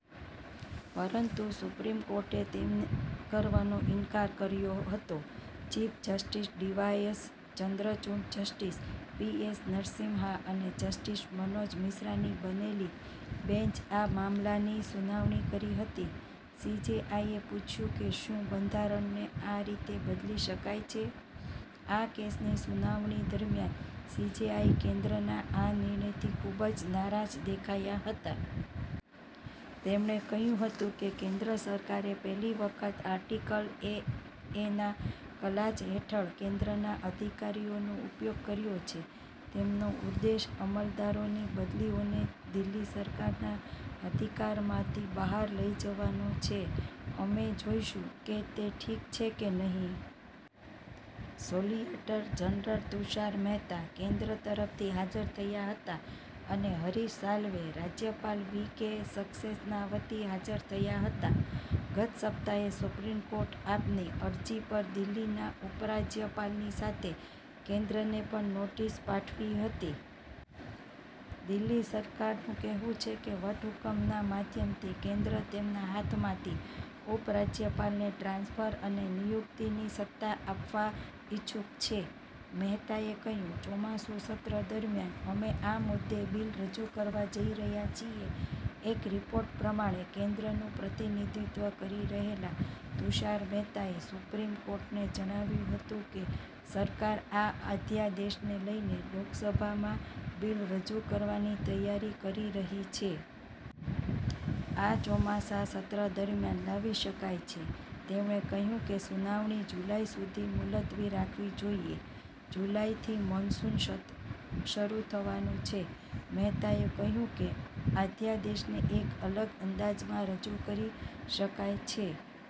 પરંતુ સુપ્રીમ કોર્ટે તેમ કરવાનો ઇનકાર કર્યો હતો. Chief justice D Y Chandrachud, justice P S Narasimha અને જસ્ટિસ મનોજ મિશ્રાની બનેલી બેન્ચે આ મામલાની સુનાવણી કરી હતી. સીજેઆઈએ પૂછ્યું કે શું બંધારણને આ રીતે બદલી શકાય છે આ કેસની સુનાવણી દરમિયાન સીજેઆઈ કેન્દ્રના આ નિર્ણયથી ખૂબ જ નારાજ દેખાયા હતા. તેમણે કહ્યું હતું કે કેન્દ્ર સરકારે પહેલી વખત આર્ટિકલ એએના ક્લાજ હેઠળ કેન્દ્રના અધિકારોનો ઉપયોગ કર્યો છે. તેમનો ઉદ્દેશ અમલદારોની બદલીઓને દિલ્હી સરકારના અધિકારમાંથી બહાર લઇ જવાનો છે. અમે જોઈશું કે તે ઠીક છે કે નહીં. સોલિસિટર જનરલ તુષાર મહેતા કેન્દ્ર તરફથી હાજર થયા હતા અને હરીશ સાલ્વે રાજ્યપાલ વી કે સક્સેના વતી હાજર થયા હતા. ગત સપ્તાહે સુપ્રીમ કોર્ટે આપની અરજી પર દિલ્હીના ઉપરાજ્યપાલની સાથે કેન્દ્રને પણ નોટિસ પાઠવી હતી. દિલ્હી સરકારનું કહેવું છે કે વટહુકમના માધ્યમથી કેન્દ્ર તેમના હાથમાંથી ઉપરાજ્યપાલને ટ્રાન્સફર અને નિયુક્તિની સત્તા આપવા ઇચ્છુક છે. મહેતાએ કહ્યું – ચોમાસુ સત્ર દરમિયાન અમે આ મુદ્દે બિલ રજૂ કરવા જઈ રહ્યા છીએ એક રિપોર્ટ પ્રમાણે કેન્દ્રનું પ્રતિનિધિત્વ કરી રહેલા તુષાર મહેતાએ સુપ્રીમ કોર્ટને જણાવ્યું હતું કે સરકાર આ અધ્યાદેશને લઈને લોકસભામાં બિલ રજૂ કરવાની તૈયારી કરી રહી છે. આ ચોમાસા સત્ર દરમિયાન લાવી શકાય છે. તેમણે કહ્યું કે સુનાવણી જુલાઇ સુધી મુલતવી રાખવી જોઈએ. જુલાઈથી મોનસુન સત્ર શરૂ થવાનું છે. મહેતાએ કહ્યું કે અધ્યાદેશનને એક અલગ અંદાજમાં રજૂ કરી શકાય છે.